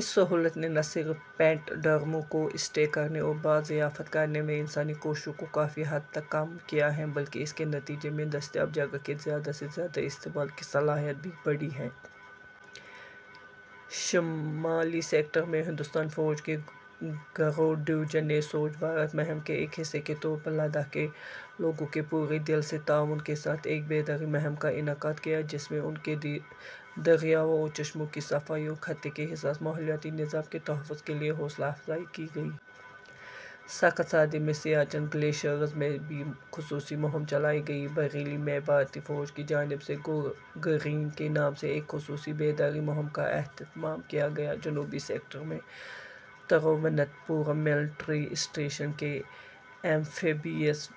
اس سہولت نے نہ صرف پینٹ ڈرموں کو اسٹیک کرنے اور بازیافت کرنے میں انسانی کوششوں کو کافی حد تک کم کیا ہے بلکہ اس کے نتیجے میں دستیاب جگہ کے زیادہ سے زیادہ استعمال کی صلاحیت بھی بڑھی ہے۔ شمالی سیکٹر میں، ہندوستانی فوج کے گروڑ ڈویژن نے سوچھ بھارت مہم کے ایک حصے کے طور پر، لداخ کے لوگوں کے پورے دل سے تعاون کے ساتھ ایک بیداری مہم کا انعقاد کیا، جس میں ان کے دریاؤں اور چشموں کی صفائی اور خطے کے حساس ماحولیاتی نظام کے تحفظ کے لیے حوصلہ افزائی کی گئی۔ سخت سردی میں سیاچن گلیشیئرز میں بھی خصوصی مہم چلائی گئی۔ بریلی میں بھارتی فوج کی جانب سے گو گرین کے نام سے ایک خصوصی بیداری مہم کا اہتمام کیا گیا۔ جنوبی سیکٹر میں، ترووننت پورم ملٹری اسٹیشن کے ایمفیبیئس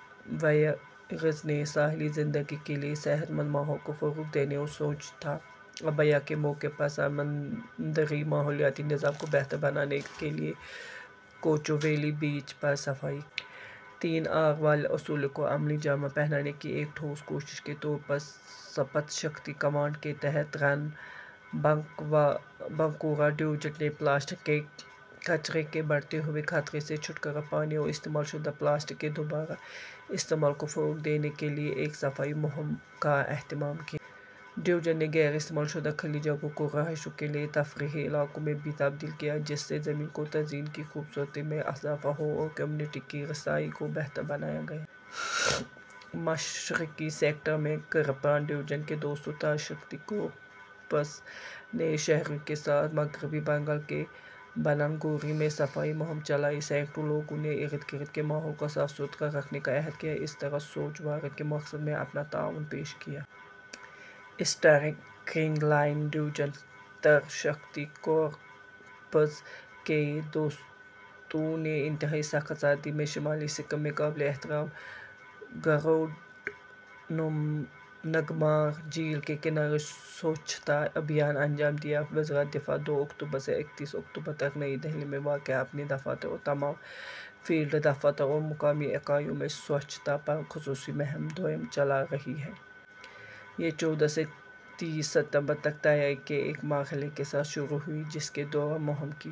واریئرز نے ساحلی زندگی کے لیے صحت مند ماحول کو فروغ دینے اور سوچھتا ابھیان کے موقع پر سمندری ماحولیاتی نظام کو بہتر بنانے کے لیے کوچوویلی بیچ پر صفائی کی۔ تین آر والے اصولوں کو عملی جامہ پہنانے کی ایک ٹھوس کوشش کے طور پر سپت شکتی کمانڈ کے تحت رن بنکورا ڈویژن نے پلاسٹک کے کچرے کے بڑھتے ہوئے خطرے سے چھٹکارا پانے اور استعمال شدہ پلاسٹک کے دوبارہ استعمال کو فروغ دینے کے لیے ایک صفائی مہم کا اہتمام کیا۔ ڈویژن نے غیر استعمال شدہ کھلی جگہوں کو رہائشیوں کے لیے تفریحی علاقوں میں بھی تبدیل کیا، جس سے زمین کی تزئین کی خوبصورتی میں اضافہ ہوا اور کمیونٹی کی رسائی کو بہتر بنایا گیا۔ مشرقی سیکٹر میں، کرپان ڈویژن کے دستوں، ترشکتی کورپس نے شہریوں کے ساتھ مغربی بنگال کے بنناگوری میں صفائی مہم چلائی۔ سینکڑوں لوگوں نے ارد گرد کے ماحول کو صاف ستھرا رکھنے کا عہد کیا، اس طرح سوچھ بھارت کے مقصد میں اپنا تعاون پیش کیا۔ Striking lion division, Trishakti corps کے دستوں نے انتہائی سخت سردی میں شمالی سکم میں قابل احترام گروڈونگمار جھیل کے کنارے سوچھتا ابھیان انجام دیا۔ وزارت دفاع دو اکتوبر سے اکتیس اکتوبر تک نئی دہلی میں واقع اپنے دفاتر اور تمام فیلڈ دفاتر اور مقامی اکائیوں میں سوچھتا پر خصوصی مہم دوئم چلا رہی ہے۔ یہ چودہ سے تیس ستمبر تک تیاری کے ایک مرحلے کے ساتھ شروع ہوئی، جس کے دوران مہم کی